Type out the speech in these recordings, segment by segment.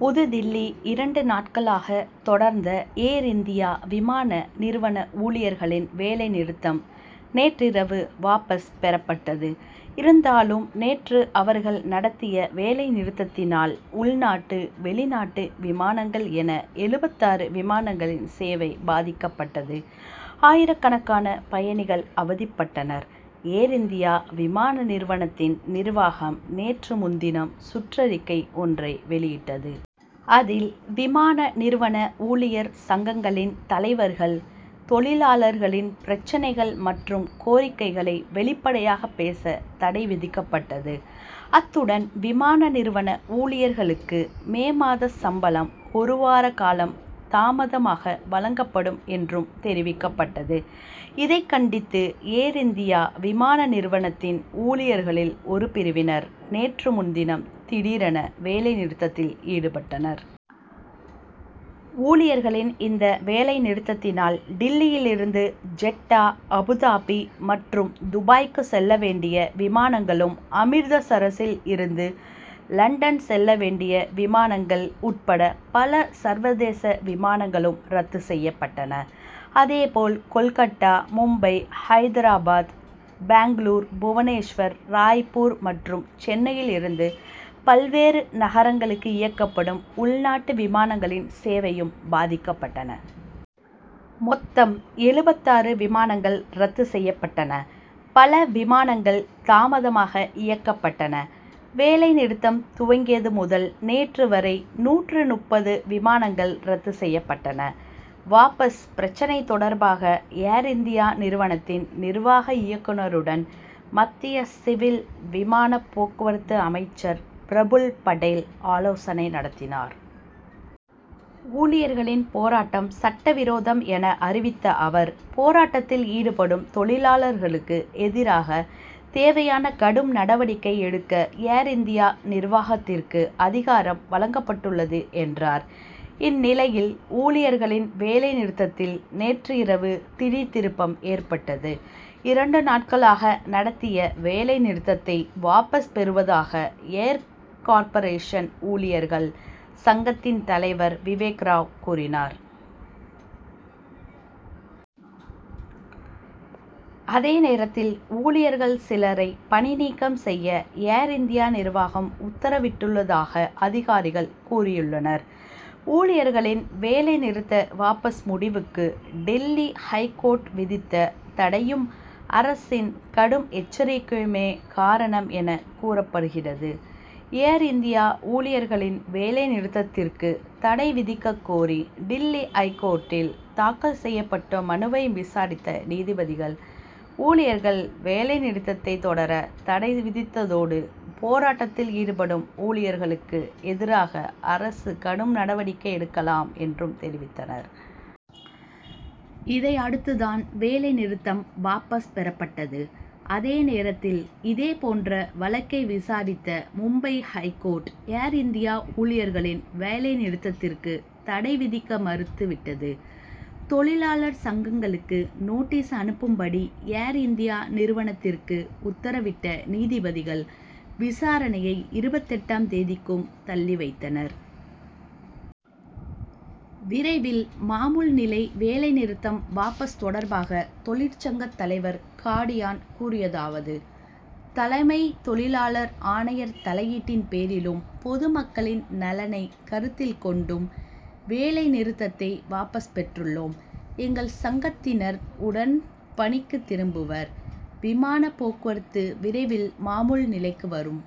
புதுடில்லி இரண்டு நாட்களாக தொடர்ந்த ஏர்-இந்தியா விமான நிறுவன ஊழியர்களின் வேலை நிறுத்தம் நேற்றிரவு வாபஸ் பெறப்பட்டது. இருந்தாலும், நேற்று அவர்கள் நடத்திய வேலை நிறுத்தத்தினால், உள்நாட்டு, வெளிநாட்டு விமானங்கள் என, எழுபத்தாறு விமானங்களின் சேவை பாதிக்கப்பட்டது. ஆயிரக்கணக்கான பயணிகள் அவதிப்பட்டனர். ஏர்-இந்தியா விமான நிறுவனத்தின் நிர்வாகம் நேற்று முன்தினம் சுற்றறிக்கை ஒன்றை வெளியிட்டது. அதில், விமான நிறுவன ஊழியர் சங்கங்களின் தலைவர்கள், தொழிலாளர்களின் பிரச்னைகள் மற்றும் கோரிக்கைகளை வெளிப்படையாக பேச தடை விதிக்கப்பட்டது. அத்துடன், விமான நிறுவன ஊழியர்களுக்கு மே மாத சம்பளம் ஒரு வார காலம் தாமதமாக வழங்கப்படும் என்றும் தெரிவிக்கப்பட்டது. இதைக் கண்டித்து, ஏர்-இந்தியா விமான நிறுவனத்தின் ஊழியர்களில் ஒரு பிரிவினர், நேற்று முன்தினம் திடீரென வேலை நிறுத்தத்தில் ஈடுபட்டனர். ஊழியர்களின் இந்த வேலை நிறுத்தத்தினால், டில்லியிலிருந்து ஜெட்டா, அபுதாபி மற்றும் துபாய்க்கு செல்ல வேண்டிய விமானங்களும், அமிர்தசரசில் இருந்து லண்டன் செல்ல வேண்டிய விமானங்கள் உட்பட பல சர்வதேச விமானங்களும் ரத்து செய்யப்பட்டன. அதேபோல், கோல்கட்டா, மும்பை, ஐதராபாத், பெங்களூரு, புவனேஸ்வர், ராய்ப்பூர் மற்றும் சென்னையில் இருந்து பல்வேறு நகரங்களுக்கு இயக்கப்படும் உள்நாட்டு விமானங்களின் சேவையும் பாதிக்கப்பட்டன. மொத்தம் எழுபத்தாறு விமானங்கள் ரத்து செய்யப்பட்டன பல விமானங்கள் தாமதமாக இயக்கப்பட்டன. வேலை நிறுத்தம் துவங்கியது முதல் நேற்று வரை நூற்று முப்பது விமானங்கள் ரத்து செய்யப்பட்டன. வாபஸ் பிரச்னை தொடர்பாக, ஏர் இந்தியா நிறுவனத்தின் நிர்வாக இயக்குனருடன், மத்திய சிவில் விமானப் போக்குவரத்து அமைச்சர் பிரபுல் படேல் ஆலோசனை நடத்தினார். ஊழியர்களின் போராட்டம் சட்டவிரோதம் என அறிவித்த அவர், போராட்டத்தில் ஈடுபடும் தொழிலாளர்களுக்கு எதிராக தேவையான கடும் நடவடிக்கை எடுக்க ஏர்- இந்தியா நிர்வாகத்திற்கு அதிகாரம் வழங்கப்பட்டுள்ளது என்றார். இந்நிலையில், ஊழியர்களின் வேலை நிறுத்தத்தில் நேற்று இரவு திடீர் திருப்பம் ஏற்பட்டது. இரண்டு நாட்களாக நடத்திய வேலை நிறுத்தத்தை வாபஸ் பெறுவதாக ஏர் கார்ப்பரேஷன் ஊழியர்கள் சங்கத்தின் தலைவர் விவேக் ராவ் கூறினார். அதே நேரத்தில், ஊழியர்கள் சிலரை பணிநீக்கம் செய்ய ஏர்- இந்தியா நிர்வாகம் உத்தரவிட்டுள்ளதாக அதிகாரிகள் கூறியுள்ளனர். ஊழியர்களின் வேலை நிறுத்த வாபஸ் முடிவுக்கு, டில்லி ஐகோர்ட் விதித்த தடையும், அரசின் கடும் எச்சரிக்கையுமே காரணம் என கூறப்படுகிறது. ஏர் இந்தியா ஊழியர்களின் வேலை நிறுத்தத்திற்கு தடை விதிக்கக் கோரி, டில்லி ஐகோர்ட்டில் தாக்கல் செய்யப்பட்ட மனுவை விசாரித்த நீதிபதிகள், ஊழியர்கள் வேலை நிறுத்தத்தை தொடர தடை விதித்ததோடு, போராட்டத்தில் ஈடுபடும் ஊழியர்களுக்கு எதிராக அரசு கடும் நடவடிக்கை எடுக்கலாம் என்றும் தெரிவித்தனர். இதையடுத்துதான் வேலை நிறுத்தம் வாபஸ் பெறப்பட்டது. அதே நேரத்தில், இதேபோன்ற வழக்கை விசாரித்த மும்பை ஐகோர்ட், ஏர் இந்தியா ஊழியர்களின் வேலை நிறுத்தத்திற்கு தடை விதிக்க மறுத்து விட்டது. தொழிலாளர் சங்கங்களுக்கு நோட்டீஸ் அனுப்பும்படி, ஏர்-இந்தியா நிறுவனத்திற்கு உத்தரவிட்ட நீதிபதிகள், விசாரணையை இருபத்தெட்டாம் தேதிக்கும் தள்ளி வைத்தனர். விரைவில் மாமூல் நிலை வேலை நிறுத்தம் வாபஸ் தொடர்பாக தொழிற்சங்கத் தலைவர் காடியான் கூறியதாவது: தலைமை தொழிலாளர் ஆணையர் தலையீட்டின் பேரிலும், பொதுமக்களின் நலனை கருத்தில் கொண்டும் வேலை நிறுத்தத்தை வாபஸ் பெற்றுள்ளோம். எங்கள் சங்கத்தினர் உடன் பணிக்கு திரும்புவர். விமான போக்குவரத்து விரைவில் மாமூல் நிலைக்கு வரும்.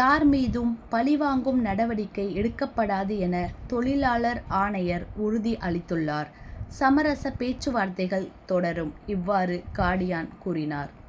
யார் மீதும் பழிவாங்கும் நடவடிக்கை எடுக்கப்படாது என, தொழிலாளர் ஆணையர் உறுதி அளித்துள்ளார். சமரச பேச்சுவார்த்தைகள் தொடரும். இவ்வாறு காடியான் கூறினார்.